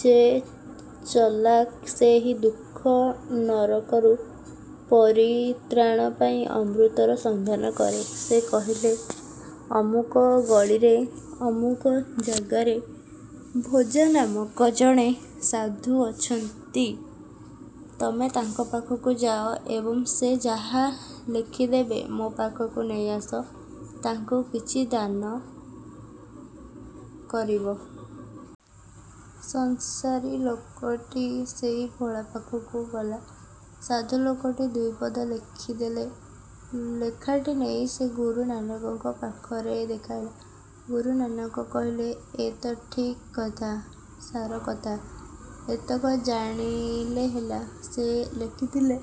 ଯେ ଚଲାକ୍, ସେ ଏହି ଦୁଃଖ-ନରକରୁ ପରିତ୍ରାଣ ପାଇଁ ଅମୃତର ସନ୍ଧାନ କରେ। '' ସେ କହିଲେ-ଅମୁକ ଗଳିରେ ଅମୁକ ଜାଗାରେ ଭୋଳା ନାମକ ଜଣେ ସାଧୁ ଅଛନ୍ତି; ତମେ ତାଙ୍କ ପାଖକୁ ଯାଅ ଏବଂ ସେ ଯାହା ଲେଖିଦେବେ ମୋ ପାଖକୁ ନେଇଆସ। ତାଙ୍କୁ କିଛି ଦାନ କରିବ। ସଂସାରୀ ଲୋକଟି ସେଇ ଭୋଳା ପାଖକୁ ଗଲା। ସାଧୁ ଲୋକଟି ଦୁଇପଦ ଲେଖିଦେଲେ। ଲେଖାଟି ନେଇ ସେ ଗୁରୁ ନାନକଙ୍କ ପାଖରେ ଦେଖାଇଲା। ଗୁରୁ ନାନକ କହିଲେ, ''ଏଇ ତ ଠିକ୍ କଥା-ସାର କଥା-ଏତକ ଜାଣିଲେ ହେଲା। '' ସେ ଲେଖିଥିଲେ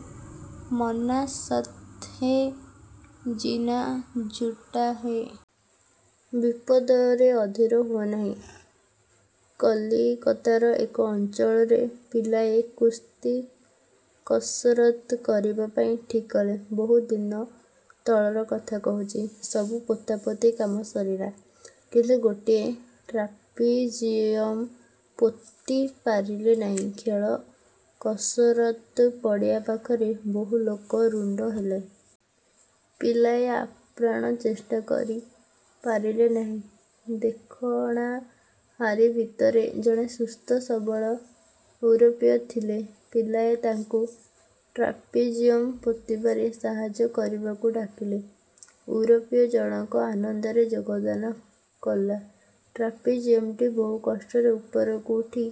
''ମର୍ନା ସତ୍ ହୈ, ଜୀଁନା ଝୁଟା ହୈ। '' ବିପଦରେ ଅଧୀର ହୁଅନାହିଁ କଲିକତାର ଏକ ଅଞ୍ଚଳରେ ପିଲାଏ କୁସ୍ତି କସରତ୍ କରିବା ପାଇଁ ଠିକ୍ କଲେ। ବହୁତ ଦିନ ତଳର କଥା କହୁଛି। ସବୁ ପୋତାପୋତି କାମ ସରିଲା। କିନ୍ତୁ ଗୋଟିଏ ଟ୍ରାପିଜିଅମ ପୋତି ପାରିଲେ ନାହିଁ। ଖେଳ କସରତ ପଡ଼ିଆ ପାଖରେ ବହୁ ଲୋକ ରୁଣ୍ତ ହେଲେ। ପିଲାଏ ଆପ୍ରାଣ ଚେଷ୍ଟା କରି ପାରିଲେ ନାହିଁ। ଦେଖଣାହାରୀ ଭିତରେ ଜଣେ ସୁସ୍ଥ ସବଳ ୟୁରୋପୀୟ ଥିଲେ। ପିଲାଏ ତାଙ୍କୁ ଟ୍ରାପିଜିୟମ ପୋତିବାରେ ସାହାଯ୍ୟ କରିବାକୁ ଡାକିଲେ। ୟୁରୋପୀୟ ଜଣକ ଆନନ୍ଦରେ ଯୋଗଦାନ କଲା। ଟ୍ରାପିଜିୟମଟି ବହୁ କଷ୍ଟରେ ଉପରକୁ ଉଠି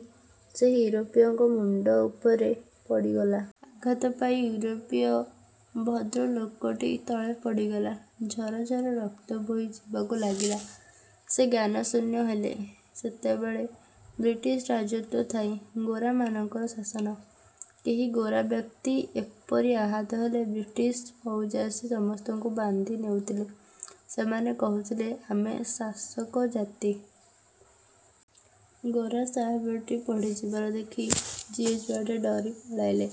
ସେହି ୟୁରୋପୀୟଙ୍କ ମୁଣ୍ତ ଉପରେ ପଡ଼ିଗଲା। ଆଘାତ ପାଇ ୟୁରୋପୀୟ ଭଦ୍ରଲୋକଟି ତଳେ ପଡ଼ିଗଲେ। ଝର ଝର ରକ୍ତ ବୋହି ଯିବାକୁ ଲାଗିଲା। ସେ ଜ୍ଞାନଶୂନ୍ୟ ହେଲେ। ସେତେବେଳେ ବ୍ରିଟିଶ ରାଜତ୍ୱ ଥାଏ। ଗୋରାମାନଙ୍କର ଶାସନ। କେହି ଗୋରାବ୍ୟକ୍ତି ଏପରି ଆହତ ହେଲେ ବ୍ରିଟିଶ ଫଉଜ ଆସି ସମସ୍ତଙ୍କୁ ବାନ୍ଧି ନେଉଥିଲେ। ସେମାନେ କହୁଥିଲେ, ଆମେ ଶାସକ ଜାତି। ଗୋରା ସାହେବଟି ପଡ଼ିଯିବାର ଦେଖି ଯିଏ ଯୁଆଡ଼େ ଡରି ପଳାଇଗଲେ।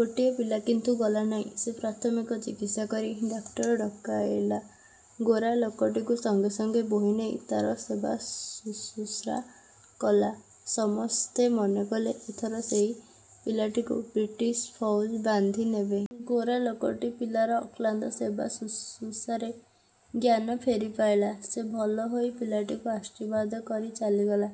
ଗୋଟିଏ ପିଲା କିନ୍ତୁ ଗଲା ନାହିଁ। ସେ ପ୍ରାଥମିକ ଚିକିତ୍ସା କରି ଡାକ୍ତର ଡକାଇଲା। ଗୋରା ଲୋକଟିକୁ ସଙ୍ଗେ ସଙ୍ଗେ ବୋହି ନେଇ ତାର ସେବାଶୁଶ୍ରୂଷା କଲା। ସମସ୍ତେ ମନେକଲେ ଏଥର ସେହି ପିଲାଟିକୁ ବ୍ରିଟିଶ ଫଉଜ ବାନ୍ଧି ନେବେ। ଗୋରା ଲୋକଟି ପିଲାର ଅକ୍ଳାନ୍ତ ସେବା ଶୁଶ୍ରୂଷାରେ ଜ୍ଞାନ ଫେରି ପାଇଲା। ସେ ଭଲ ହୋଇ ପିଲାଟିକୁ ଆଶୀର୍ବାଦ କରି ଚାଲିଗଲା।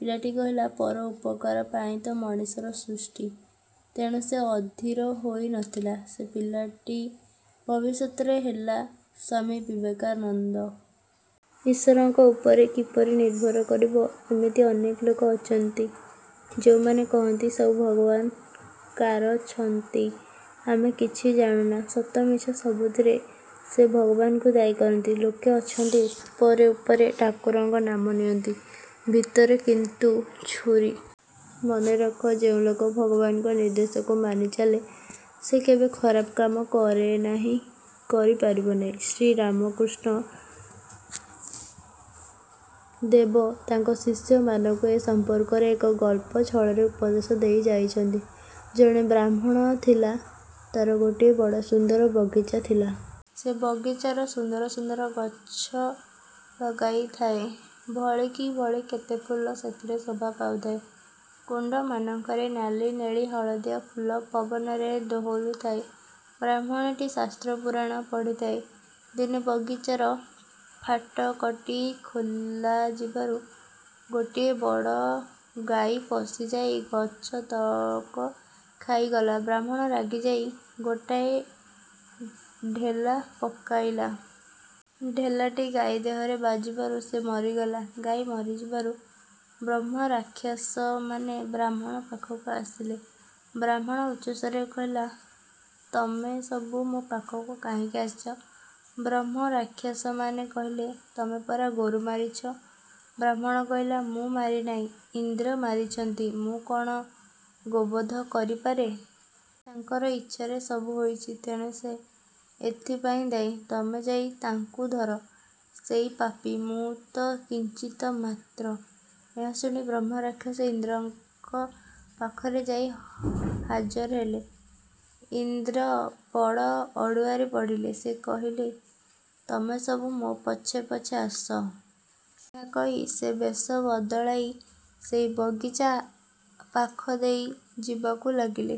ପିଲାଟି କହିଲା, 'ପର ଉପକାର ପାଇଁତ ମଣିଷର ସୃଷ୍ଟି। ' ତେଣୁ ସେ ଅଧୀର ହୋଇ ନଥିଲା। ସେ ପିଲାଟି ଭବିଷ୍ୟତରେ ହେଲା ସ୍ୱାମୀ ବିବେକାନନ୍ଦ। ଈଶ୍ୱରଙ୍କ ଉପରେ କିପରି ନିର୍ଭର କରିବ? ଏମିତି ଅନେକ ଲୋକ ଅଛନ୍ତି, ଯେଉଁମାନେ କହନ୍ତି-ସବୁ ଭଗବାନ କାରଛନ୍ତି, ଆମେ କିଛି ଜାଣୁନା। ସତ ମିଛ ସବୁଥିରେ ସେ ଭଗବାନଙ୍କୁ ଦାୟୀ କରନ୍ତି। ଲୋକେ ଅଛନ୍ତି, ଉପରେ ଉପରେ ଠାକୁରଙ୍କ ନାମ ନିଅନ୍ତି, ଭିତରେ କିନ୍ତୁ ଛୁରୀ। ମନେ ରଖ, ଯେଉଁ ଲୋକ ଭଗବାନଙ୍କ ନିର୍ଦ୍ଦେଶକୁ ମାନି ଚାଲେ, ସେ କେବେ ଖରାପ କାମ କରେ ନାହିଁ-କରି ପାରିବ ନାହିଁ-। ଶ୍ରୀରାମକୃଷ୍ଣ ଦେବ ତାଙ୍କ ଶିଷ୍ୟମାନଙ୍କୁ ଏ ସମ୍ପର୍କରେ ଏକ ଗପ ଛଳରେ ଉପଦେଶ ଦେଇ ଯାଇଛନ୍ତି। ଜଣେ ବ୍ରାହ୍ମଣ ଥିଲା। ତାର ଗୋଟିଏ ବଡ଼ ସୁନ୍ଦର ବଗିଚା ଥିଲା। ସେ ବଗିଚାର ସୁନ୍ଦର ସୁନ୍ଦର ଗଛ ଲଗାଇଥାଏ। ଭଳିକି ଭଳି କେତେ ଫୁଲ ସେଥିରେ ଶୋଭା ପାଉଥାଏ। କୁଣ୍ତମାନଙ୍କରେ ନାଲି-ନେଳି-ହଳଦିଆ ଫୁଲ ପବନରେ ଦୋହଲୁଥାଏ। ବ୍ରାହ୍ମଣଟି ଶାସ୍ତ୍ର-ପୁରାଣ ପଢ଼ିଥାଏ। ଦିନେ ବଗିଚାର ଫାଟକଟି ଖୋଲାଯିବାରୁ ଗୋଟିଏ ବଡ଼ ଗାଈ ପଶିଯାଇ ଗଛତକ ଖାଇଗଲା। ବ୍ରାହ୍ମଣ ରାଗିଯାଇ ଗୋଟାଏ ଢେଲା ପକାଇଲା। ଢେଲାଟି ଗାଈ ଦେହରେ ବାଜିବାରୁ ସେ ମରିଗଲା। ଗାଈ ମରିଯିବାରୁ ବ୍ରହ୍ମରାକ୍ଷସମାନେ ବ୍ରାହ୍ମଣ ପାଖକୁ ଆସିଲେ। ବ୍ରାହ୍ମଣ ଉଚ୍ଚସ୍ୱରରେ କହିଲା-'ତମେସବୁ ମୋ ପାଖକୁ କାହିଁକି ଆସିଛ? ' ବ୍ରହ୍ମରାକ୍ଷସମାନେ କହିଲେ-'ତମେ ପରା ଗୋରୁ ମାରିଛ। '। ବ୍ରାହ୍ମଣ କହିଲା, 'ମୁଁ ମାରିନାହିଁ, ଇନ୍ଦ୍ର ମାରିଛନ୍ତି। ମୁଁ କ'ଣ ଗୋବଧ କରିପାରେ? ତାଙ୍କରି ଇଚ୍ଛାରେ ସବୁ ହୋଇଛି; ତେଣୁ ସେ ଏଥିପାଇଁ ଦାୟୀ। ତମେ ଯାଇ ତାଙ୍କୁ ଧର। ସେଇ ପାପୀ; ମୁଁ ତ କିଞ୍ଚିତ ମାତ୍ର। ' ଏହା ଶୁଣି ବ୍ରହ୍ମରାକ୍ଷସ ଇନ୍ଦ୍ରଙ୍କ ପାଖରେ ଯାଇ ହାଜର ହେଲା। ଇନ୍ଦ୍ର ବଡ଼ ଅଡ଼ୁଆରେ ପଡ଼ିଲେ। ସେ କହିଲେ-''ତମେ ସବୁ ମୋ ପଛେ ପଛେ ଆସ। '' ଏହା କହି ସେ ବେଶ ବଦଳାଇ ସେହି ବଗିଚା ପାଖ ଦେଇ ଯିବାକୁ ଲାଗିଲେ।